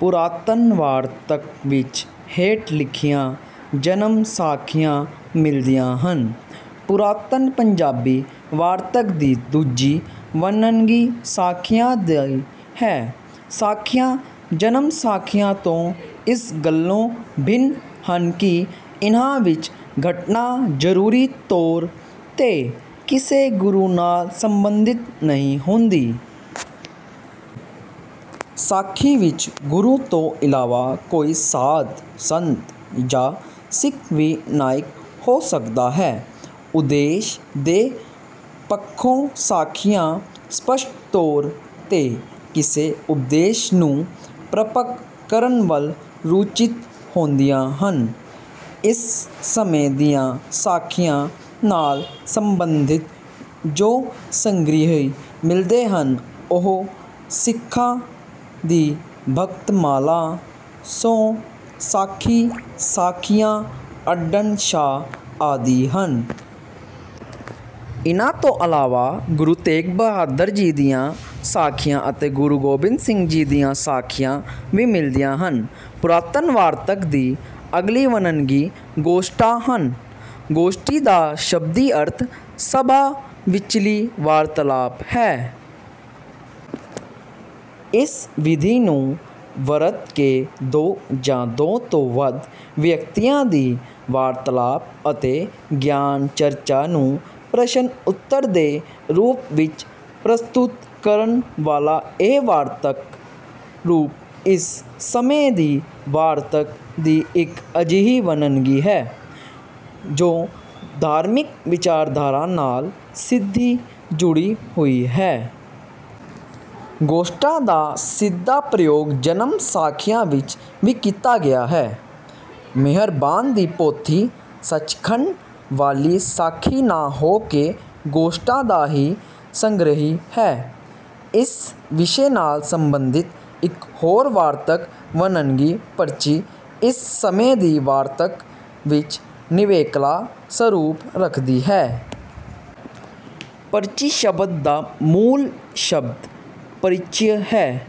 ਪੁਰਾਤਨ ਵਾਰਤਕ ਵਿੱਚ ਹੇਠ ਲਿਖੀਆਂ ਜਨਮਸਾਖੀਆਂ ਮਿਲਦੀਆਂ ਹਨ। ਪੁਰਾਤਨ ਪੰਜਾਬੀ ਵਾਰਤਕ ਦੀ ਦੂਜੀ ਵੰਨਗੀ ਸਾਖੀਆਂ ਦੀ ਹੈ। ਸਾਖੀਆਂ ਜਨਮਸਾਖੀਆਂ ਤੋਂ ਇਸ ਗੱਲੋਂ ਭਿੰਨ ਹਨ ਕਿ ਇਨ੍ਹਾਂ ਵਿੱਚ ਘਟਨਾ ਜ਼ਰੂਰੀ ਤੌਰ ’ਤੇ ਕਿਸੇ ਗੁਰੂ ਨਾਲ ਸੰਬੰਧਿਤ ਨਹੀਂ ਹੁੰਦੀ। ਸਾਖੀ ਵਿੱਚ ਗੁਰੂ ਤੋਂ ਇਲਾਵਾ ਕੋਈ ਸਾਧ, ਸੰਤ ਜਾਂ ਸਿੱਖ ਵੀ ਨਾਇਕ ਹੋ ਸਕਦਾ ਹੈ। ਉਦੇਸ਼ ਦੇ ਪੱਖੋਂ ਸਾਖੀਆਂ ਸਪੱਸ਼ਟ ਤੌਰ ’ਤੇ ਕਿਸੇ ਉਪਦੇਸ਼ ਨੂੰ ਪ੍ਰਪੱਕ ਕਰਨ ਵੱਲ ਰੁਚਿਤ ਹੁੰਦੀਆਂ ਹਨ। ਇਸ ਸਮੇਂ ਦੀਆਂ ਸਾਖੀਆਂ ਨਾਲ ਸੰਬੰਧਿਤ ਜੋ ਸੰਗ੍ਰਹਿ ਮਿਲਦੇ ਹਨ, ਉਹ ‘ਸਿੱਖਾਂ ਦੀ ਭਗਤਮਾਲਾ’, ‘ਸੌ ਸਾਖੀ’, ‘ਸਾਖੀਆਂ ਅੱਡਣ ਸ਼ਾਹ’ ਆਦਿ ਹਨ। ਇਨ੍ਹਾਂ ਤੋਂ ਇਲਾਵਾ ਗੁਰੂ ਤੇਗ ਬਹਾਦਰ ਜੀ ਦੀਆਂ ਸਾਖੀਆਂ ਅਤੇ ਗੁਰੂ ਗੋਬਿੰਦ ਸਿੰਘ ਜੀ ਦੀਆਂ ਸਾਖੀਆਂ ਵੀ ਮਿਲਦੀਆਂ ਹਨ। ਪੁਰਾਤਨ ਵਾਰਤਕ ਦੀ ਅਗਲੀ ਵੰਨਗੀ ਗੋਸ਼ਟਾਂ ਹਨ। ਗੋਸ਼ਟਿ ਦਾ ਸ਼ਬਦੀ ਅਰਥ “ਸਭਾ ਵਿਚਲੀ ਵਾਰਤਾਲਾਪ” ਹੈ। ਇਸ ਵਿਧੀ ਨੂੰ ਵਰਤ ਕੇ ਦੋ ਜਾਂ ਦੋ ਤੋਂ ਵੱਧ ਵਿਅਕਤੀਆਂ ਦੀ ਵਾਰਤਾਲਾਪ ਅਤੇ ਗਿਆਨ-ਚਰਚਾ ਨੂੰ ਪ੍ਰਸ਼ਨ-ਉੱਤਰ ਦੇ ਰੂਪ ਵਿੱਚ ਪ੍ਰਸਤੁਤ ਕਰਨ ਵਾਲਾ ਇਹ ਵਾਰਤਕ ਰੂਪ ਇਸ ਸਮੇਂ ਦੀ ਵਾਰਤਕ ਦੀ ਇੱਕ ਅਜਿਹੀ ਵੰਨਗੀ ਹੈ, ਜੋ ਧਾਰਮਿਕ ਵਿਚਾਰਧਾਰਾ ਨਾਲ ਸਿੱਧੀ ਜੁੜੀ ਹੋਈ ਹੈ। ਗੋਸ਼ਟਾਂ ਦਾ ਸਿੱਧਾ ਪ੍ਰਯੋਗ ਜਨਮਸਾਖੀਆਂ ਵਿੱਚ ਵੀ ਕੀਤਾ ਗਿਆ ਹੈ। ਮਿਹਰਬਾਨ ਦੀ ਪੋਥੀ ਸਚਖੰਡ ਵਾਲੀ ਸਾਖੀ ਨਾ ਹੋ ਕੇ ਗੋਸ਼ਟਾਂ ਦਾ ਹੀ ਸੰਗ੍ਰਹਿ ਹੈ। ਇਸ ਵਿਸ਼ੇ ਨਾਲ ਸੰਬੰਧਿਤ ਇੱਕ ਹੋਰ ਵਾਰਤਕ ਵੰਨਗੀ ਪਰਚੀ ਇਸ ਸਮੇਂ ਦੀ ਵਾਰਤਕ ਵਿੱਚ ਨਿਵੇਕਲਾ ਸਰੂਪ ਰੱਖਦੀ ਹੈ। ਪਰਚੀ ਸ਼ਬਦ ਦਾ ਮੂਲ ਸ਼ਬਦ ‘ਪਰਿਚਯ’ ਹੈ।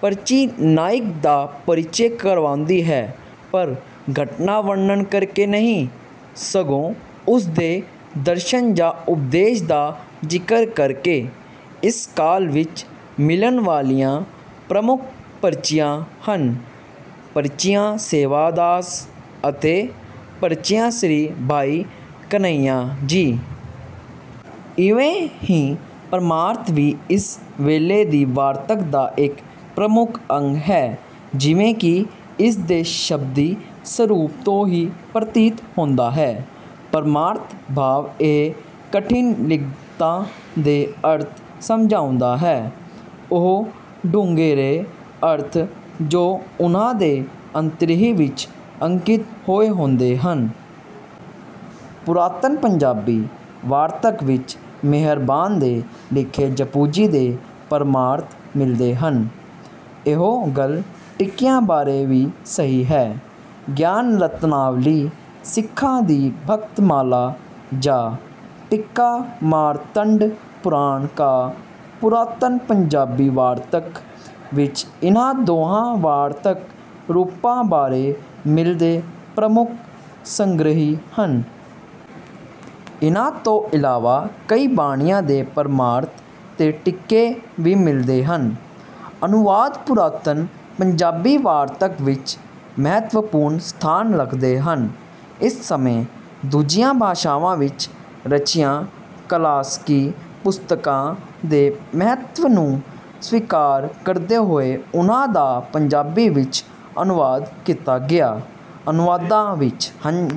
ਪਰਚੀ ਨਾਇਕ ਦਾ ਪਰਿਚਯ ਕਰਵਾਉਂਦੀ ਹੈ, ਪਰ ਘਟਨਾ ਵਰਣਨ ਕਰਕੇ ਨਹੀਂ, ਸਗੋਂ ਉਸ ਦੇ ਦਰਸ਼ਨ ਜਾਂ ਉਪਦੇਸ਼ ਦਾ ਜ਼ਿਕਰ ਕਰਕੇ। ਇਸ ਕਾਲ ਵਿੱਚ ਮਿਲਣ ਵਾਲੀਆਂ ਪ੍ਰਮੁੱਖ ਪਰਚੀਆਂ ਹਨ—‘ਪਰਚੀਆਂ ਸੇਵਾ ਦਾਸ’ ਅਤੇ ‘ਪਰਚੀਆਂ ਸ੍ਰੀ ਭਾਈ ਕਨ੍ਹੱਯਾ ਜੀ’। ਇਵੇਂ ਹੀ ਪਰਮਾਰਥ ਵੀ ਇਸ ਵੇਲੇ ਦੀ ਵਾਰਤਕ ਦਾ ਇੱਕ ਪ੍ਰਮੁੱਖ ਅੰਗ ਹੈ। ਜਿਵੇਂ ਕਿ ਇਸ ਦੇ ਸ਼ਬਦੀ ਸਰੂਪ ਤੋਂ ਹੀ ਪ੍ਰਤੀਤ ਹੁੰਦਾ ਹੈ, ਪਰਮਾਰਥ ਭਾਵ ਇਹ ਕਠਿਨ ਲਿਖਤਾਂ ਦੇ ਅਰਥ ਸਮਝਾਉਂਦਾ ਹੈ; ਉਹ ਡੂੰਘੇਰੇ ਅਰਥ, ਜੋ ਉਨ੍ਹਾਂ ਦੇ ਅੰਤਰੀਵ ਵਿੱਚ ਅੰਕਿਤ ਹੋਏ ਹੁੰਦੇ ਹਨ। ਪੁਰਾਤਨ ਪੰਜਾਬੀ ਵਾਰਤਕ ਵਿੱਚ ਮਿਹਰਬਾਨ ਦੇ ਲਿਖੇ ਜਪੁਜੀ ਦੇ ਪਰਮਾਰਥ ਮਿਲਦੇ ਹਨ। ਇਹੋ ਗੱਲ ਟੀਕਿਆਂ ਬਾਰੇ ਵੀ ਸਹੀ ਹੈ। ‘ਗਿਆਨ ਰਤਨਾਵਲੀ’, ‘ਸਿੱਖਾਂ ਦੀ ਭਗਤਮਾਲਾ’ ਜਾਂ ‘ਟੀਕਾ ਮਾਰਤੰਡ ਪੁਰਾਣ ਕਾ’ ਪੁਰਾਤਨ ਪੰਜਾਬੀ ਵਾਰਤਕ ਵਿੱਚ ਇਨ੍ਹਾਂ ਦੋਹਾਂ ਵਾਰਤਕ-ਰੂਪਾਂ ਬਾਰੇ ਮਿਲਦੇ ਪ੍ਰਮੁੱਖ ਸੰਗ੍ਰਹਿ ਹਨ। ਇਨ੍ਹਾਂ ਤੋਂ ਇਲਾਵਾ ਕਈ ਬਾਣੀਆਂ ਦੇ ਪਰਮਾਰਥ ਤੇ ਟੀਕੇ ਵੀ ਮਿਲਦੇ ਹਨ। ਅਨੁਵਾਦ ਪੁਰਾਤਨ ਪੰਜਾਬੀ ਵਾਰਤਕ ਵਿੱਚ ਮਹੱਤਵਪੂਰਨ ਸਥਾਨ ਰੱਖਦੇ ਹਨ। ਇਸ ਸਮੇਂ ਦੂਜੀਆਂ ਭਾਸ਼ਾਵਾਂ ਵਿੱਚ ਰਚੀਆਂ ਕਲਾਸਕੀ ਪੁਸਤਕਾਂ ਦੇ ਮਹੱਤਵ ਨੂੰ ਸਵੀਕਾਰ ਕਰਦੇ ਹੋਏ ਉਨ੍ਹਾਂ ਦਾ ਪੰਜਾਬੀ ਵਿੱਚ ਅਨੁਵਾਦ ਕੀਤਾ ਗਿਆ। ਅਨੁਵਾਦਾਂ ਵਿੱਚ...